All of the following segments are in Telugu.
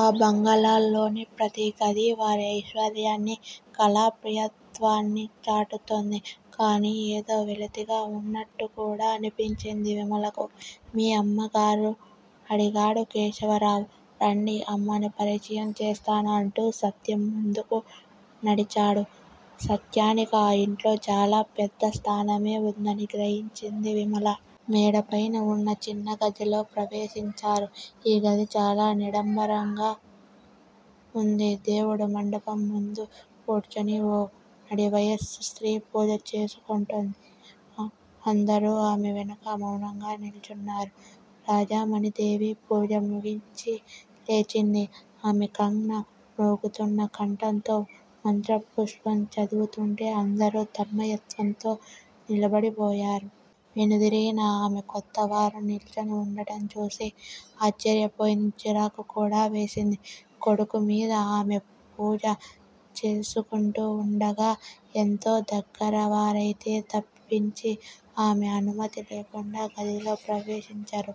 ఆ బంగళాల్లోని ప్రతీ గదీ వారి ఐశ్వర్యాన్ని, కళాప్రియత్వాన్నీ చాటుతోంది. కాని ఏదో వెలితిగా వున్నట్టుకూడా అనిపించింది విమలకు. మీ అమ్మగారు? అడిగాడు కేశవరావు. రండి అమ్మను పరిచయం చేస్తాను అంటూ సత్యం ముందుకు నడిచాడు. సత్యానికి ఆ ఇంట్లో చాలా పెద్ద స్థానమే ఉందని గ్రహించింది విమల. మేడపైన ఉన్న చిన్నగదిలో ప్రవేశించారు. ఈ గది చాలా నిడంబరంగా ఉంది. దేవుడి మండపం ముందు కూర్చొని ఓ నడివయస్సు స్త్రీ పూజ చేసుకుంటోంది. అందరూ ఆమె వెనక మౌనంగా నిల్చున్నారు. రాజమణీదేవి పూజ ముగించి లేచింది. ఆమె ఖంగ్ న మ్రోగుతున్న కంఠంతో మంత్రపుష్పం చదువుతుంటే అందరూ తన్మయత్వంతో నిలబడిపోయారు. వెనుదిరిగిన ఆమె, కొత్తవారు నిల్చొని ఉండటంచూసి ఆశ్చర్యపోయింది. చిరాకుకూడా వేసింది కొడుకుమీద. ఆమె పూజ చేసుకుంటూ ఉండగా ఎంతో దగ్గరవారైతే తప్పించి ఆమె అనుమతి లేకుండా గదిలో ప్రవేశించరు.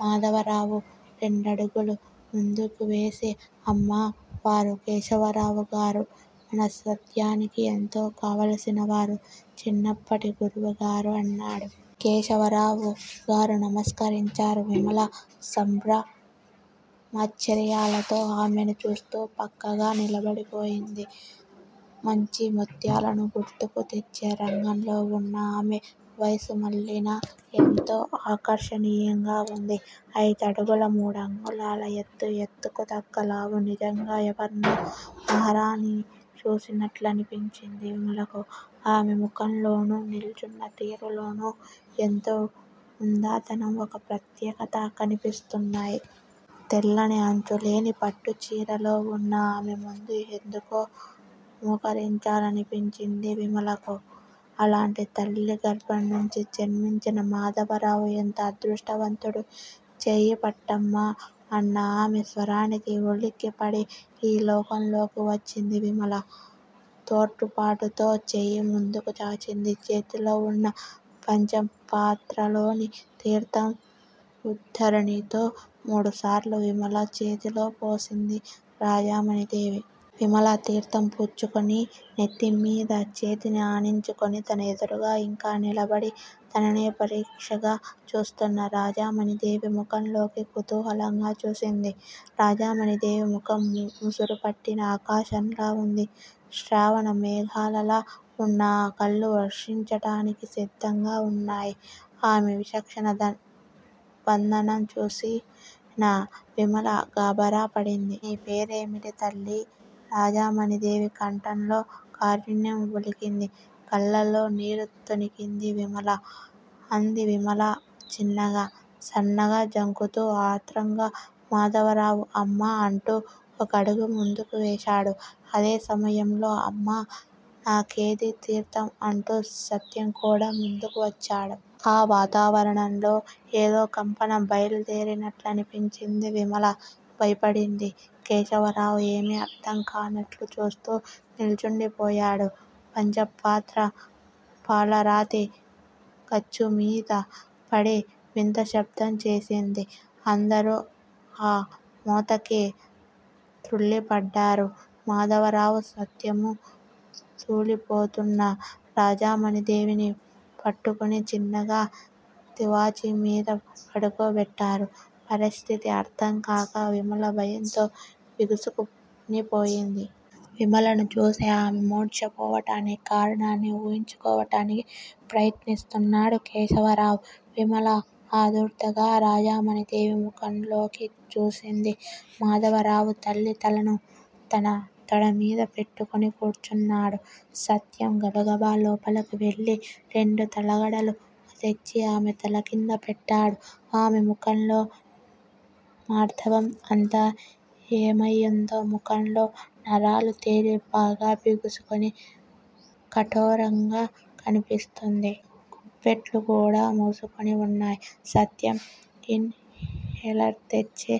మాధవరావు రెండడుగులు ముందుకువేసి అమ్మా! వారు కేశవరావుగారు. మన సత్యానికి ఎంతో కావల్సినవారు. చిన్నప్పటి గురువుగారు అన్నాడు. కేశవరావుగారు నమస్కరించారు. విమల సంభ్రమాశ్చర్యాలతో ఆమెనుచూస్తూ పక్కగా నిలబడిపోయింది. మంచి ముత్యాలను గుర్తుకుతెచ్చే రంగంలో ఉన్న ఆమె, వయస్సుమళ్ళినా ఎంతో ఆకర్షణీయంగా ఉంది. ఐదు అడుగుల మూడంగుళాల ఎత్తు, ఎత్తుకుతగ్గ లావూ, నిజంగా ఎవర్నో మహారాణిని చూస్తున్నట్లనిపించింది విమలకు. ఆమె ముఖంలోనూ, నిల్చున్న తీరులోనూ ఎంతో హుందాతనం, ఒక ప్రత్యేకత కనిపిస్తున్నాయి. తెల్లని అంచులేని పట్టుచీరలో ఉన్న ఆమెముందు ఎందుకో మోకరించాలనిపించింది విమలకు. అలాంటి తల్లి గర్భంనుంచి జన్మించిన మాధవరావు ఎంత అదృష్టవంతుడు! చెయ్యి పట్టమ్మా! అన్న ఆమె స్వరానికి ఉలిక్కిపడి ఈ లోకంలోకి వచ్చింది విమల. తొట్రుపాటుతో చెయ్యి ముందుకు చాచింది. చేతిలోవున్న పంచపాత్రలోని తీర్ధం ఉద్దరణితో మూడుసార్లు విమల చేతిలో పోసింది రాజమణీదేవి. విమల తీర్ధం పుచ్చుకొని నెత్తిమీద చేతిని ఆనించుకొని తన ఎదురుగా ఇంకా నిలబడి తననే పరీక్షగా చూస్తున్న రాజమణీదేవి ముఖంలోకి కుతూహలంగా చూసింది. రాజమణీదేవి ముఖం ముసురుపట్టిన ఆకాశంలా ఉంది. శ్రావణమేఘాలలా ఉన్న ఆ కళ్ళు వర్షించటానికి సిద్ధంగా ఉన్నాయి. ఆమె విచక్షణ వందన చూసిన విమల గాబరాపడింది. నీ పేరేమిటి తల్లీ? రాజమణీదేవి కంఠంలో కారుణ్యం ఒలికింది, కళ్ళలో నీరు తొణికింది. విమల! అంది విమల చిన్నగా, సన్నగా, జంకుతూ. ఆత్రంగా మాధవరావు అమ్మా! అంటూ ఒక అడుగు ముందుకు వేశాడు. అదే సమయంలో అమ్మా! నాకేదీ తీర్ధం? అంటూ సత్యంకూడా ముందుకు వచ్చాడు. ఆ వాతావరణంలో ఏదో కంపన బయలుదేరినట్లనిపించింది విమల భయపడింది. కేశవరావు ఏమీ అర్ధంకానట్లు చూస్తూ నిల్చుండిపోయాడు. పంచపాత్ర పాలరాతి గచ్చుమీద పడి వింతశబ్దం చేసింది. అందరూ ఆ మోతకి తృళ్ళిపడ్డారు. మాధవరావూ, సత్యమూ తూలిపోతున్న రాజమణీదేవిని పట్టుకొని చిన్నగా తివాచీమీద పడుకోబెట్టారు. పరిస్థితి అర్ధంకాక విమల భయంతో బిగుసుకొనిపోయింది. విమలను చూసి ఆమె మూర్ఛపోవటానికి కారణాన్ని ఊహించుకోవటానికి ప్రయత్నిస్తూన్నాడు కేశవరావు. విమల ఆదుర్దగా రాజమణీదేవి ముఖంలోకి చూసింది. మాధవరావు తల్లి తలను తన తొడమీద పెట్టుకొని కూర్చున్నాడు. సత్యం గబగబా లోపలకువెళ్ళి రెండు తలగడలు తెచ్చి ఆమె తలకింద పెట్టాడు. ఆమె ముఖంలో మార్దవం అంతా ఏమయిందో- ముఖంలో నరాలు తేలి, బాగా బిగుసుకొని కఠోరంగా కనిపిస్తుంది. గుప్పెట్లుకూడా మూసుకొని ఉన్నాయి. సత్యం ఇన్ హేలర్ తెచ్చి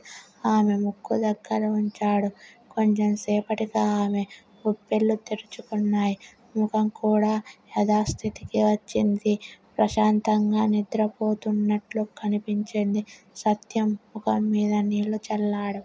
ఆమె ముక్కుదగ్గర ఉంచాడు. కొంచెం సేపటికి ఆమె గుప్పెళ్ళు తెరుచుకున్నాయి ముఖంకూడా యధాస్థితికి వచ్చింది. ప్రశాంతంగా నిద్రపోతున్నట్లు కనిపించింది. సత్యం ముఖంమీద నీళ్ళు చల్లాడు.